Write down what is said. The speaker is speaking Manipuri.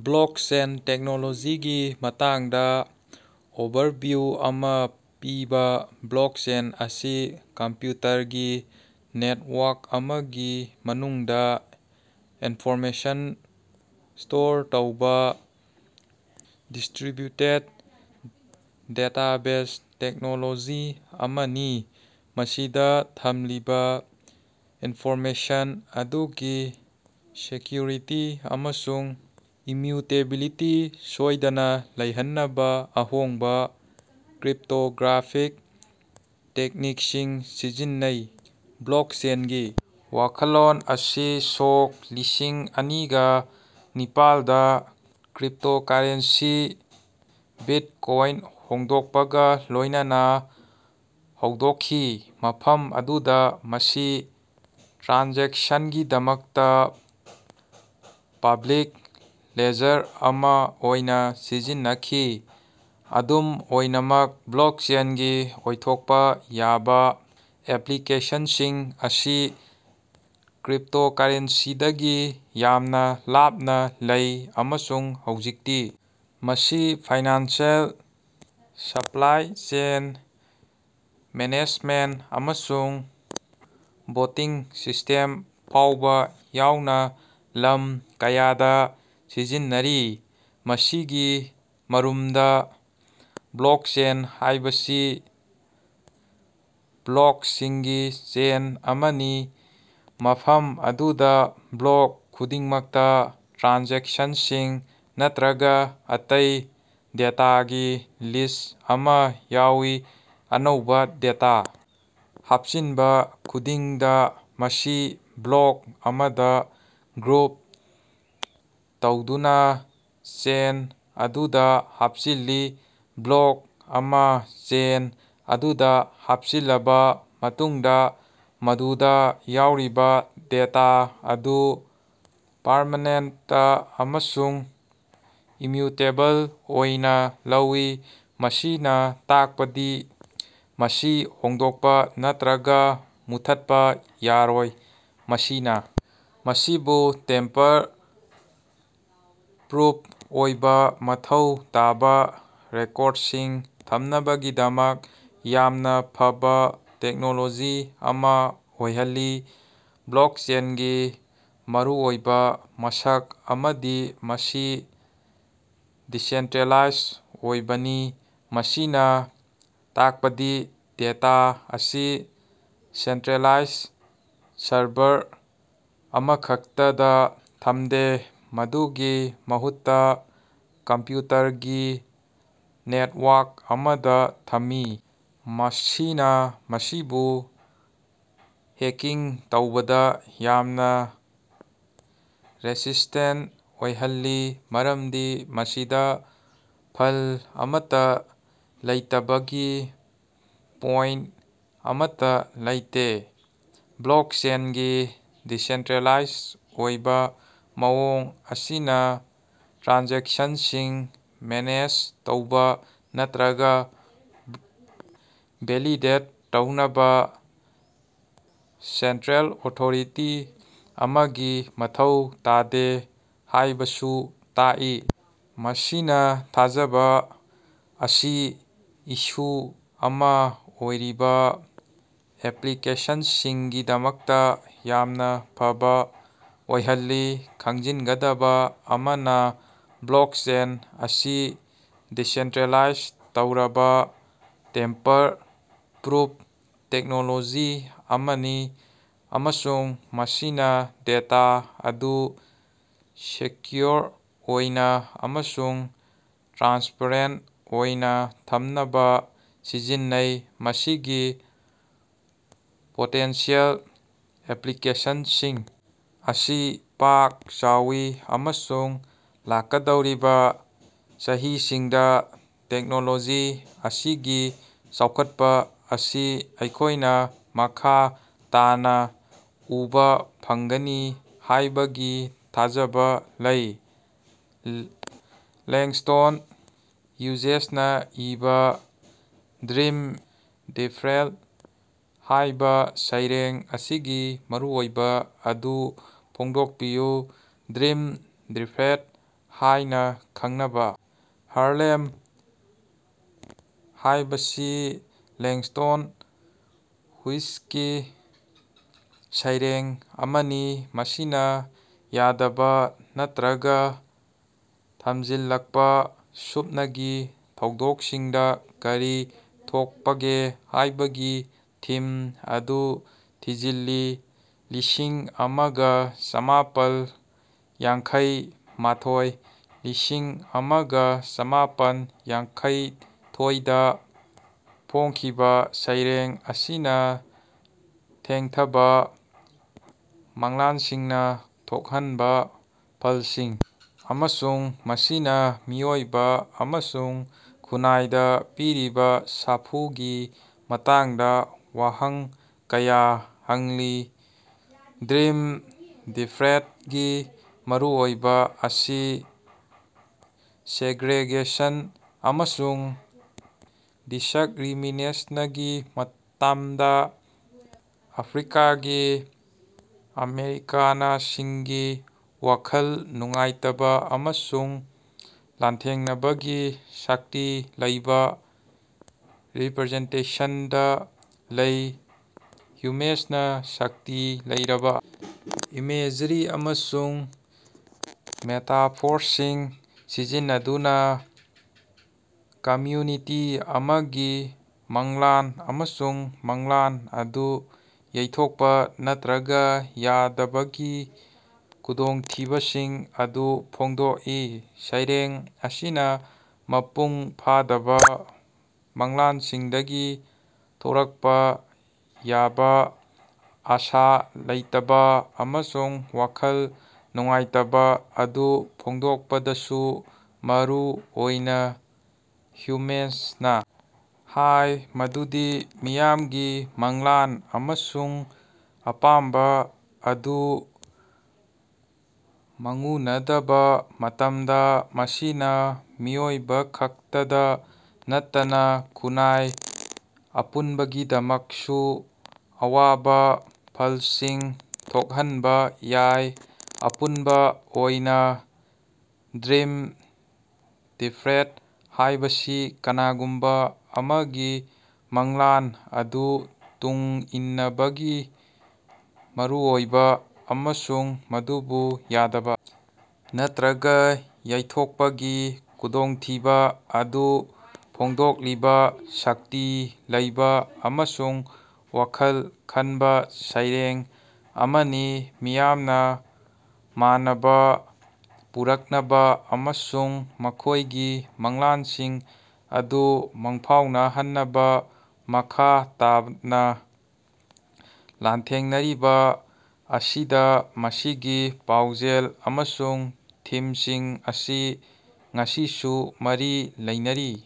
ꯕ꯭ꯂꯣꯛꯆꯦꯟ ꯇꯦꯛꯅꯣꯂꯣꯖꯤꯒꯤ ꯃꯇꯥꯡꯗꯥ ꯑꯣꯕꯔꯚꯤꯌꯨ ꯑꯃꯥ ꯄꯤꯕꯥ꯫ ꯕ꯭ꯂꯣꯛꯆꯦꯟ ꯑꯁꯤ ꯀꯝꯄ꯭ꯌꯨꯇꯔꯒꯤ ꯅꯦꯠꯋꯥꯔꯛ ꯑꯃꯒꯤ ꯃꯅꯨꯡꯗꯥ ꯏꯟꯐꯣꯔꯃꯦꯁꯟ ꯁ꯭ꯇꯣꯔ ꯇꯧꯕꯥ ꯗꯤꯁꯇ꯭ꯔꯤꯕ꯭ꯌꯨꯇꯦꯗ ꯗꯦꯇꯥꯕꯦꯖ ꯇꯦꯛꯅꯣꯂꯣꯖꯤ ꯑꯃꯅꯤ꯫ ꯃꯁꯤꯗꯥ ꯊꯝꯂꯤꯕꯥ ꯏꯟꯐꯣꯔꯃꯦꯁꯟ ꯑꯗꯨꯒꯤ ꯁꯦꯀ꯭ꯌꯨꯔꯤꯇꯤ ꯑꯃꯁꯨꯡ ꯏꯃ꯭ꯌꯨꯇꯦꯕꯤꯂꯤꯇꯤ ꯁꯣꯢꯗꯅꯥ ꯂꯩꯍꯟꯅꯕꯥ ꯑꯍꯣꯡꯕꯥ ꯀ꯭ꯔꯤꯞꯇꯣꯒ꯭ꯔꯥꯐꯤꯛ ꯇꯦꯛꯅꯤꯛꯁꯤꯡ ꯁꯤꯖꯤꯟꯅꯩ꯫ ꯕ꯭ꯂꯣꯛꯆꯦꯟꯒꯤ ꯋꯥꯈꯜꯂꯣꯟ ꯑꯁꯤ ꯁꯣꯛ ꯂꯤꯁꯤꯡ ꯑꯅꯤꯒ ꯅꯤꯄꯥꯟꯗꯥ ꯀ꯭ꯔꯤꯞꯇꯣꯀꯥꯔꯦꯟꯁꯤ ꯕꯤꯠꯀꯣꯢꯟ ꯍꯧꯗꯣꯛꯄꯒꯥ ꯂꯣꯢꯅꯅꯥ ꯍꯧꯗꯣꯛꯈꯤ, ꯃꯐꯝ ꯑꯗꯨꯗꯥ ꯃꯁꯤ ꯇ꯭ꯔꯥꯟꯖꯦꯛꯁꯟꯒꯤꯗꯃꯛꯇꯥ ꯄꯕ꯭ꯂꯤꯛ ꯂꯦꯖꯔ ꯑꯃꯥ ꯑꯣꯏꯅꯥ ꯁꯤꯖꯤꯟꯅꯈꯤ꯫ ꯑꯗꯨꯝ ꯑꯣꯏꯅꯃꯛ ꯕ꯭ꯂꯣꯛꯆꯦꯟꯒꯤ ꯑꯣꯏꯊꯣꯛꯄꯥ ꯌꯥꯕꯥ ꯑꯦꯄ꯭ꯂꯤꯀꯦꯁꯟꯁꯤꯡ ꯑꯁꯤ ꯀ꯭ꯔꯤꯞꯇꯣꯀꯥꯔꯦꯟꯁꯤꯗꯒꯤ ꯌꯥꯝꯅꯥ ꯂꯥꯞꯅꯥ ꯂꯩ ꯑꯃꯁꯨꯡ ꯍꯧꯖꯤꯛꯇꯤ ꯃꯁꯤ ꯐꯥꯏꯅꯥꯟꯁꯦꯜ, ꯁꯄ꯭ꯂꯥꯏ ꯆꯦꯟ ꯃꯦꯅꯦꯖꯃꯦꯟꯇ ꯑꯃꯁꯨꯡ ꯚꯣꯇꯤꯡ ꯁꯤꯁꯇꯦꯝ ꯐꯥꯎꯕꯥ ꯌꯥꯎꯅꯥ ꯂꯝ ꯀꯌꯥꯗꯥ ꯁꯤꯖꯤꯟꯅꯔꯤ꯫ ꯃꯁꯤꯒꯤ ꯃꯔꯨꯝꯗꯥ, ꯕ꯭ꯂꯣꯛꯆꯦꯟ ꯍꯥꯢꯕꯁꯤ ꯕ꯭ꯂꯣꯛꯁꯤꯡꯒꯤ ꯆꯦꯟ ꯑꯃꯅꯤ ꯃꯐꯝ ꯑꯗꯨꯗꯥ ꯕ꯭ꯂꯣꯛ ꯈꯨꯗꯤꯡꯃꯛꯇꯥ ꯇ꯭ꯔꯥꯟꯖꯦꯛꯁꯟꯁꯤꯡ ꯅꯠꯇ꯭ꯔꯒꯥ ꯑꯇꯩ ꯗꯦꯇꯥꯒꯤ ꯂꯤꯁ ꯑꯃꯥ ꯌꯥꯎꯏ꯫ ꯑꯅꯧꯕꯥ ꯗꯦꯇꯥ ꯍꯥꯞꯆꯤꯟꯕꯥ ꯈꯨꯗꯤꯡꯗꯥ ,ꯃꯁꯤ ꯕ꯭ꯂꯣꯛ ꯑꯃꯗꯥ ꯒ꯭ꯔꯨꯞ ꯇꯧꯗꯨꯅꯥ ꯆꯦꯟ ꯑꯗꯨꯗꯥ ꯍꯥꯞꯆꯤꯜꯂꯤ꯫ ꯕ꯭ꯂꯣꯛ ꯑꯃꯥ ꯆꯦꯟ ꯑꯗꯨꯗꯥ ꯍꯥꯞꯆꯤꯜꯂꯕꯥ ꯃꯇꯨꯡꯗꯥ, ꯃꯗꯨꯗꯥ ꯌꯥꯎꯔꯤꯕꯥ ꯗꯦꯇꯥ ꯑꯗꯨ ꯄꯔꯃꯦꯅꯦꯟꯇ ꯑꯃꯁꯨꯡ ꯏꯃ꯭ꯌꯨꯇꯦꯕꯜ ꯑꯣꯏꯅꯥ ꯂꯧꯏ, ꯃꯁꯤꯅꯥ ꯇꯥꯛꯄꯗꯤ ꯃꯁꯤ ꯍꯣꯡꯗꯣꯛꯄꯥ ꯅꯠꯇ꯭ꯔꯒꯥ ꯃꯨꯠꯊꯠꯄꯥ ꯌꯥꯔꯣꯏ꯫ ꯃꯁꯤꯅꯥ ꯃꯁꯤꯕꯨ ꯇꯦꯝꯄꯔ-ꯄ꯭ꯔꯨꯐ ꯑꯣꯏꯕꯥ ꯃꯊꯧ ꯇꯥꯕꯥ ꯔꯦꯀꯣꯔꯗꯁꯤꯡ ꯊꯝꯅꯕꯒꯤꯗꯃꯛ ꯌꯥꯝꯅꯥ ꯐꯕꯥ ꯇꯦꯛꯅꯣꯂꯣꯖꯤ ꯑꯃꯥ ꯑꯣꯏꯍꯜꯂꯤ꯫ ꯕ꯭ꯂꯣꯛꯆꯦꯟꯒꯤ ꯃꯔꯨꯑꯣꯏꯕꯥ ꯃꯁꯛ ꯑꯃꯗꯤ ꯃꯁꯤ ꯗꯤꯁꯦꯟꯇ꯭ꯔꯦꯂꯥꯏꯖ ꯑꯣꯏꯕꯅꯤ, ꯃꯁꯤꯅꯥ ꯇꯥꯛꯄꯗꯤ ꯗꯦꯇꯥ ꯑꯁꯤ ꯁꯦꯟꯇ꯭ꯔꯦꯂꯥꯏꯖ ꯁꯔꯚꯔ ꯑꯃꯈꯛꯇꯗꯥ ꯊꯝꯗꯦ, ꯃꯗꯨꯒꯤ ꯃꯍꯨꯠꯇꯥ ꯀꯝꯄ꯭ꯌꯨꯇꯔꯒꯤ ꯅꯦꯠꯋꯥꯔꯛ ꯑꯃꯗꯥ ꯊꯝꯃꯤ꯫ ꯃꯁꯤꯅꯥ ꯃꯁꯤꯕꯨ ꯍꯦꯛꯀꯤꯡ ꯇꯧꯕꯗꯥ ꯌꯥꯝꯅꯥ ꯔꯦꯁꯤꯁꯇꯦꯟꯇ ꯑꯣꯏꯍꯜꯂꯤ, ꯃꯔꯝꯗꯤ ꯃꯁꯤꯗꯥ ꯐꯜ ꯑꯃꯠꯇꯥ ꯂꯩꯇꯕꯒꯤ ꯄꯣꯏꯟꯇ ꯑꯃꯠꯇꯥ ꯂꯩꯇꯦ꯫ ꯕ꯭ꯂꯣꯛꯆꯦꯟꯒꯤ ꯗꯤꯁꯦꯟꯇ꯭ꯔꯦꯂꯥꯏꯖ ꯑꯣꯏꯕꯥ ꯃꯑꯣꯡ ꯑꯁꯤꯅꯥ ꯇ꯭ꯔꯥꯟꯖꯦꯛꯁꯟꯁꯤꯡ ꯃꯦꯅꯦꯖ ꯇꯧꯕꯥ ꯅꯠꯇ꯭ꯔꯒꯥ ꯚꯦꯂꯤꯗꯦꯠ ꯇꯧꯅꯕꯥ ꯁꯦꯟꯇ꯭ꯔꯦꯜ ꯑꯣꯊꯣꯔꯤꯇꯤ ꯑꯃꯒꯤ ꯃꯊꯧ ꯇꯥꯗꯦ ꯍꯥꯢꯕꯁꯨ ꯇꯛꯏ, ꯃꯁꯤꯅꯥ ꯊꯥꯖꯕꯥ ꯑꯁꯤ ꯏꯁꯨ ꯑꯃꯥ ꯑꯣꯏꯔꯤꯕꯥ ꯑꯦꯄ꯭ꯂꯤꯀꯦꯁꯟꯁꯤꯡꯒꯤꯗꯃꯛꯇꯥ ꯌꯥꯝꯅꯥ ꯐꯕꯥ ꯑꯣꯏꯍꯜꯂꯤ꯫ ꯈꯪꯖꯤꯟꯒꯗꯕꯥ ꯑꯃꯅꯥ ꯕ꯭ꯂꯣꯀꯆꯦꯟ ꯑꯁꯤ ꯗꯤꯁꯦꯟꯇ꯭ꯔꯦꯂꯥꯏꯖ ꯇꯧꯔꯕꯥ ꯇꯦꯝꯄꯔ-ꯄ꯭ꯔꯨꯐ ꯇꯦꯛꯅꯣꯂꯣꯖꯤ ꯑꯃꯅꯤ ꯑꯃꯁꯨꯡ ꯃꯁꯤꯅꯥ ꯗꯦꯇꯥ ꯑꯗꯨ ꯁꯦꯀ꯭ꯌꯨꯑꯣꯔ ꯑꯣꯏꯅꯥ ꯑꯃꯁꯨꯡ ꯇ꯭ꯔꯥꯟꯁꯄꯦꯔꯦꯟꯇ ꯑꯣꯏꯅꯥ ꯊꯝꯅꯕꯥ ꯁꯤꯖꯤꯟꯅꯩ꯫ ꯃꯁꯤꯒꯤ ꯄꯣꯇꯦꯟꯁꯤꯌꯦꯜ ꯑꯦꯄ꯭ꯂꯤꯀꯦꯁꯟꯁꯤꯡ ꯑꯁꯤ ꯄꯥꯛ ꯆꯥꯎꯏ ꯑꯃꯁꯨꯡ ꯂꯥꯛꯀꯗꯧꯔꯤꯕꯥ ꯆꯍꯤꯁꯤꯡꯗꯥ ꯇꯦꯛꯅꯣꯂꯣꯖꯤ ꯑꯁꯤꯒꯤ ꯆꯥꯎꯈꯠꯄ ꯑꯁꯤ ꯑꯩꯈꯣꯢꯅꯥ ꯃꯈꯥ ꯇꯥꯅꯥ ꯎꯕꯥ ꯐꯪꯒꯅꯤ ꯍꯥꯢꯕꯒꯤ ꯊꯥꯖꯕꯥ ꯂꯩ꯫ ꯂꯦꯡꯁ꯭ꯇꯣꯟ ꯍ꯭ꯌꯨꯖꯦꯁꯅꯥ ꯏꯕꯥ "ꯗ꯭ꯔꯤꯝ ꯗꯤꯐꯦꯔꯦꯗ" ꯍꯥꯢꯕꯥ ꯁꯩꯔꯦꯡ ꯑꯁꯤꯒꯤ ꯃꯔꯨꯑꯣꯏꯕꯥ ꯑꯗꯨ ꯐꯣꯡꯗꯣꯛꯄꯤꯌꯨ꯫ "ꯗ꯭ꯔꯤꯝ ꯗꯤꯐꯦꯔꯦꯗ" ꯍꯥꯢꯅꯥ ꯈꯪꯅꯕꯥ "ꯍꯥꯔꯂꯦꯝ"ꯍꯥꯌꯕꯁꯤ ꯂꯦꯡꯁ꯭ꯇꯣꯟ ꯍꯨꯏꯁꯀꯤ ꯁꯩꯔꯦꯡ ꯑꯃꯅꯤ, ꯃꯁꯤꯅꯥ ꯌꯥꯗꯕꯥ ꯅꯠꯇ꯭ꯔꯒꯥ ꯊꯝꯖꯤꯜꯂꯛꯄꯥ ꯁꯨꯞꯅꯒꯤ ꯊꯧꯗꯣꯛꯁꯤꯡꯗꯥ ꯀꯔꯤ ꯊꯣꯛꯄꯒꯦ ꯍꯥꯢꯕꯒꯤ ꯊꯤꯝ ꯑꯗꯨ ꯊꯤꯖꯤꯜꯂꯤ꯫ ꯂꯤꯁꯤꯡ ꯑꯃꯒ ꯆꯥꯃꯥꯄꯜ ꯌꯥꯡꯈꯩ ꯃꯥꯊꯣꯏ ꯂꯤꯁꯤꯡ ꯑꯃꯒ ꯆꯥꯃꯄꯟ ꯌꯥꯡꯈꯩꯃꯊꯣꯢꯗꯥ ꯐꯣꯡꯈꯤꯕꯥ ꯁꯩꯔꯦꯡ ꯑꯁꯤꯅꯥ ꯊꯦꯡꯊꯕꯥ ꯃꯪꯂꯥꯟꯁꯤꯡꯅꯥ ꯊꯣꯛꯍꯟꯕꯥ ꯐꯜꯁꯤꯡ ꯑꯃꯁꯨꯡ ꯃꯁꯤꯅꯥ ꯃꯤꯑꯣꯏꯕꯥ ꯑꯃꯁꯨꯡ ꯈꯨꯟꯅꯥꯏꯗꯥ ꯄꯤꯔꯤꯕꯥ ꯁꯥꯐꯨꯒꯤ ꯃꯇꯥꯡꯗꯥ ꯋꯥꯍꯪ ꯀꯌꯥ ꯍꯪꯂꯤ꯫ ꯗ꯭ꯔꯤꯝ ꯗꯤꯐꯦꯔꯦꯗ ꯒꯤ ꯃꯔꯨꯑꯣꯏꯕꯥ ꯑꯁꯤ ꯁꯦꯒ꯭ꯔꯦꯒꯦꯁꯟ ꯑꯃꯁꯨꯡ ꯗꯤꯁꯛꯔꯤꯃꯤꯅꯦꯁꯅꯒꯤ ꯃꯇꯝꯗꯥ ꯑꯐ꯭ꯔꯤꯀꯥꯒꯤ ꯑꯃꯦꯔꯤꯀꯥꯅꯁꯤꯡꯒꯤ ꯋꯥꯈꯜ ꯅꯨꯡꯉꯥꯏꯇꯕꯥ ꯑꯃꯁꯨꯡ ꯂꯥꯟꯊꯦꯡꯅꯕꯒꯤ ꯁꯛꯇꯤ ꯂꯩꯕꯥ ꯔꯤꯄ꯭ꯔꯖꯦꯟꯇꯦꯁꯟꯗꯥ ꯂꯩ꯫ ꯍ꯭ꯌꯨꯃꯦꯁꯅꯥ ꯁꯛꯇꯤ ꯂꯩꯔꯕꯥ ꯏꯃꯦꯖꯔꯤ ꯑꯃꯁꯨꯡ ꯃꯦꯇꯥꯐꯣꯔꯁꯤꯡ ꯁꯤꯖꯤꯟꯅꯗꯨꯅꯥ ꯀꯃ꯭ꯌꯨꯅꯤꯇꯤ ꯑꯃꯒꯤ ꯃꯪꯂꯥꯟ ꯑꯃꯁꯨꯡ ꯃꯪꯂꯥꯟ ꯑꯗꯨ ꯌꯩꯊꯣꯛꯄꯥ ꯅꯠꯇ꯭ꯔꯒꯥ ꯌꯥꯗꯕꯒꯤ ꯈꯨꯗꯣꯡꯊꯤꯕꯁꯤꯡ ꯑꯗꯨ ꯐꯣꯡꯗꯣꯛꯏ꯫ ꯁꯩꯔꯦꯡ ꯑꯁꯤꯅꯥ ꯃꯄꯨꯡ ꯐꯥꯗꯕꯥ ꯃꯪꯂꯥꯟꯁꯤꯡꯗꯒꯤ ꯊꯣꯔꯛꯄꯥ ꯌꯥꯕꯥ ꯑꯥꯁꯥ ꯂꯩꯇꯕꯥ ꯑꯃꯁꯨꯡ ꯋꯥꯈꯜ ꯅꯨꯡꯉꯥꯏꯇꯕꯥ ꯑꯗꯨ ꯐꯣꯡꯗꯣꯛꯄꯗꯁꯨ ꯃꯔꯨ ꯑꯣꯏ꯫ ꯍ꯭ꯌꯨꯃꯦꯁꯅꯥ ꯍꯥꯢ ꯃꯗꯨꯗꯤ ꯃꯤꯌꯥꯝꯒꯤ ꯃꯪꯂꯥꯟ ꯑꯃꯁꯨꯡ ꯑꯄꯥꯝꯕꯥ ꯑꯗꯨ ꯃꯪꯎꯅꯗꯕꯥ ꯃꯇꯝꯗꯥ, ꯃꯁꯤꯅꯥ ꯃꯤꯑꯣꯏꯕꯈꯛꯇꯗꯥ ꯅꯠꯇꯅꯥ ꯈꯨꯟꯅꯥꯏ ꯑꯄꯨꯟꯕꯒꯤꯗꯃꯛꯁꯨ ꯑꯋꯥꯕꯥ ꯐꯜꯁꯤꯡ ꯊꯣꯛꯍꯟꯕꯥ ꯌꯥꯏ꯫ ꯑꯄꯨꯟꯕꯥ ꯑꯣꯏꯅꯥ "ꯗ꯭ꯔꯤꯝ ꯗꯤꯐꯦꯔꯦꯗ" ꯍꯥꯢꯕꯁꯤ ꯀꯅꯥꯒꯨꯝꯕꯥ ꯑꯃꯒꯤ ꯃꯪꯂꯥꯟ ꯑꯗꯨ ꯇꯨꯡ ꯏꯟꯅꯕꯒꯤ ꯃꯔꯨꯑꯣꯏꯕꯥ ꯑꯃꯁꯨꯡ ꯃꯗꯨꯕꯨ ꯌꯥꯗꯕꯥ ꯅꯠꯇ꯭ꯔꯒꯥ ꯌꯩꯊꯣꯛꯄꯒꯤ ꯈꯨꯗꯣꯡꯊꯤꯕꯥ ꯑꯗꯨ ꯐꯣꯡꯗꯣꯛꯂꯤꯕꯥ ꯁꯛꯇꯤ ꯂꯩꯕꯥ ꯑꯃꯁꯨꯡ ꯋꯥꯈꯜ ꯈꯟꯕꯥ ꯁꯩꯔꯦꯡ ꯑꯃꯅꯤ꯫ ꯃꯤꯌꯥꯝꯅꯥ ꯃꯥꯟꯅꯕꯥ ꯄꯨꯔꯛꯅꯕꯥ ꯑꯃꯁꯨꯡ ꯃꯈꯣꯢꯒꯤ ꯃꯪꯂꯥꯟꯁꯤꯡ ꯑꯗꯨ ꯃꯪꯐꯥꯎꯅꯍꯟꯅꯕꯥ ꯃꯈꯥ ꯇꯥꯅꯥ ꯂꯥꯟꯊꯦꯡꯅꯔꯤꯕꯥ ꯑꯁꯤꯗꯥ ꯃꯁꯤꯒꯤ ꯄꯥꯎꯖꯦꯜ ꯑꯃꯁꯨꯡ ꯊꯤꯝꯁꯤꯡ ꯑꯁꯤ ꯉꯁꯤꯁꯨ ꯃꯔꯤ ꯂꯩꯅꯔꯤ꯫